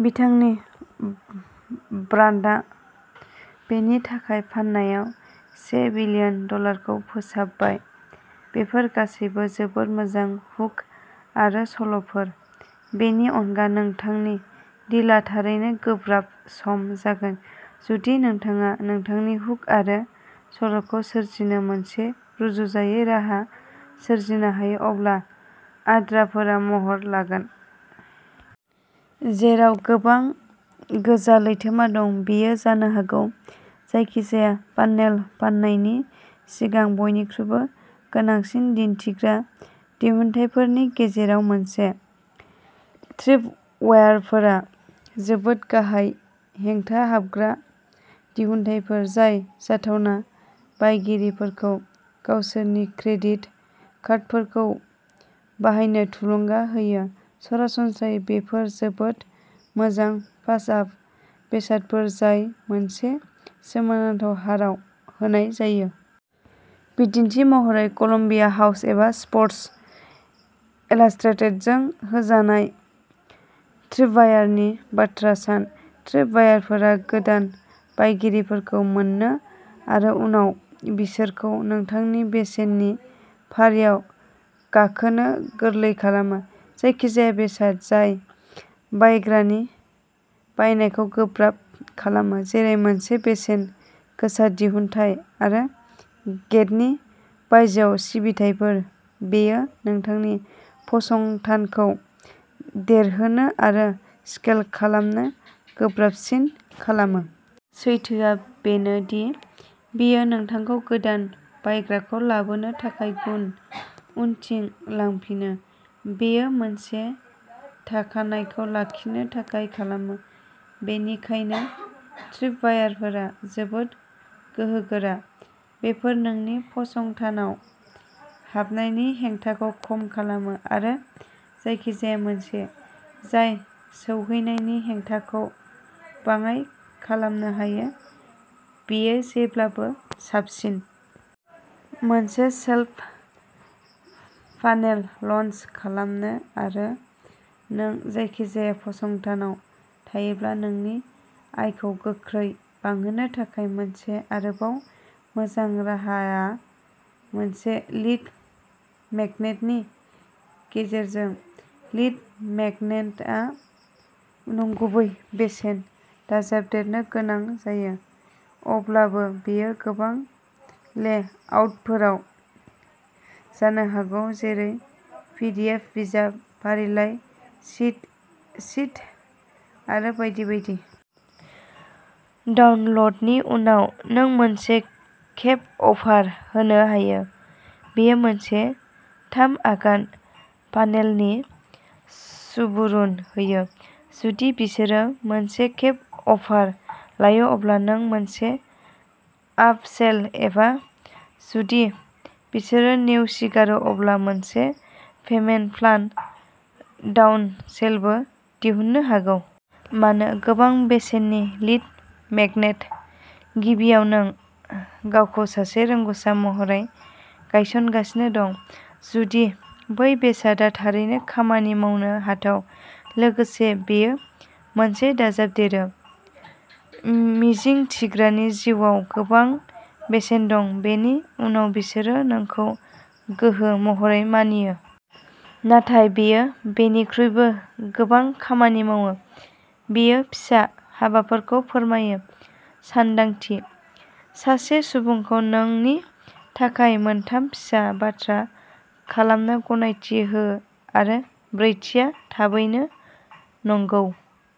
बिथांनि ब्रान्डआ बेनि थाखाय फाननायाव से बिलियन डलारखौ फोसाबबाय। बेफोर गासैबो जोबोद मोजां हुक आरो सल'फोर। बेनि अनगा, नोंथांनि डिलआ थारैनो गोब्राब सम जागोन। जुदि नोंथाङा नोंथांनि हुक आरो सल'खौ सोरजिनो मोनसे रुजुजायै राहा सोरजिनो हायो, अब्ला आद्राफोरा महर लागोन। जेराव गोबां गोजा लैथोमा दं, बेयो जानो हागौ जायखिजाया फान्नेल फान्नायनि सिगां बयनिख्रुइबो गोनांसिन दिन्थिग्रा दिहुनथायफोरनि गेजेराव मोनसे। ट्रिपवायरफोरा जोबोद गाहाय-हेंथा-हाबग्रा दिहुनथायफोर जाय जाथावना बायगिरिफोरखौ गावसोरनि क्रेडिट कार्डफोरखौ बाहायनो थुलुंगा होयो। सरासनस्रायै, बेफोर जोबोद मोजां-पास-आप बेसादफोर जाय मोनसे सोमोनांथाव हाराव होनाय जायो। बिदिन्थि महरै, कलम्बिया हाउस एबा स्पर्टस इलास्ट्रेटेडजों होजानाय ट्रिपवायारनि बाथ्रा सान। ट्रिपवायरफोरा गोदान बायगिरिफोरखौ मोन्नो आरो उनाव बिसोरखौ नोंथांनि बेसेननि फारिआव गाखोनो गोरलै खालामो। जायखिजाया बेसाद जाय बायग्रानि बायनायखौ गोब्राब खालामो, जेरै मोनसे बेसेन गोसा दिहुनथाय आरो गेटनि बायजोआव सिबिथाइफोर, बेयो नोंथांनि फसंथानखौ देरहोनो आरो स्केल खालामनो गोब्राबसिन खालामो। सैथोआ बेनो दि बेयो नोंथांखौ गोदान बायग्राखौ लाबोनो थाखाय गुन उनथिं लांफिनो। बेयो मोनसे थाखानायखौ लाखिनो थाखाय खालामो। बेनिखायनो ट्रिपवायरफोरा जोबोद गोहोगोरा। बेफोर नोंनि फसंथानाव हाबनायनि हेंथाखौ खम खालामो। आरो जायखिजाया मोनसे जाय सौहैनायनि हेंथाखौ बाङाइ खालामनो हायो, बेयो जेब्लाबो साबसिन। मोनसे सेल्स फानेल लन्च खालामनो आरो नों जायखिजाया फसंथानाव थायोब्ला नोंनि आयखौ गोख्रै बांहोनो थाखाय मोनसे आरोबाव मोजां राहाआ मोनसे लीड मेगनेटनि गेजेरजों। लीड मेगनेटआ नंगुबै बेसेन दाजाबदेरनो गोनां जायो। अब्लाबो बेयो गोबां लेआउटफोराव जानो हागौ जेरै पिडिएफ बिजाब, फारिलाइ, चिट शीट आरो बायदि बायदि। डाउनल'डनि उनाव, नों मोनसे खेब अफार होनो हायो। बेयो मोनसे थाम-आगान फानेलनि सुबुरुन होयो। जुदि बिसोरो मोनसे-खेब अफार लायो अब्ला नों मोनसे आप-सेल एबा जुदि बिसोरो नेवसिगारो अब्ला मोनसे पेमेन्ट-प्लान डाउन-सेलबो दिहुननो हागौ। मानो गोबां बेसेननि लीड मेगनेट? गिबियाव, नों गावखौ सासे रोंग'सा महरै गायसनगासिनो दं। जुदि बै बेसादआ थारैनो खामानि मावनो हाथाव, लोगोसे बेयो मोनसे दाजाबदेरो। मिजिंथिग्रानि जिउआव गोबां बेसेन दं, बेनि उनाव बिसोरो नोंखौ गोहो महरै मानियो। नाथाय बेयो बेनिख्रुइबो गोबां खामानि मावो। बेयो फिसा-हाबाफोरखौ फोरमायो। सानदांथि? सासे सुबुंखौ नोंनि थाखाय मोनथाम फिसा बाथ्रा खालामनो गनायथि हो आरो ब्रैथिआ थाबैनो नंगौ।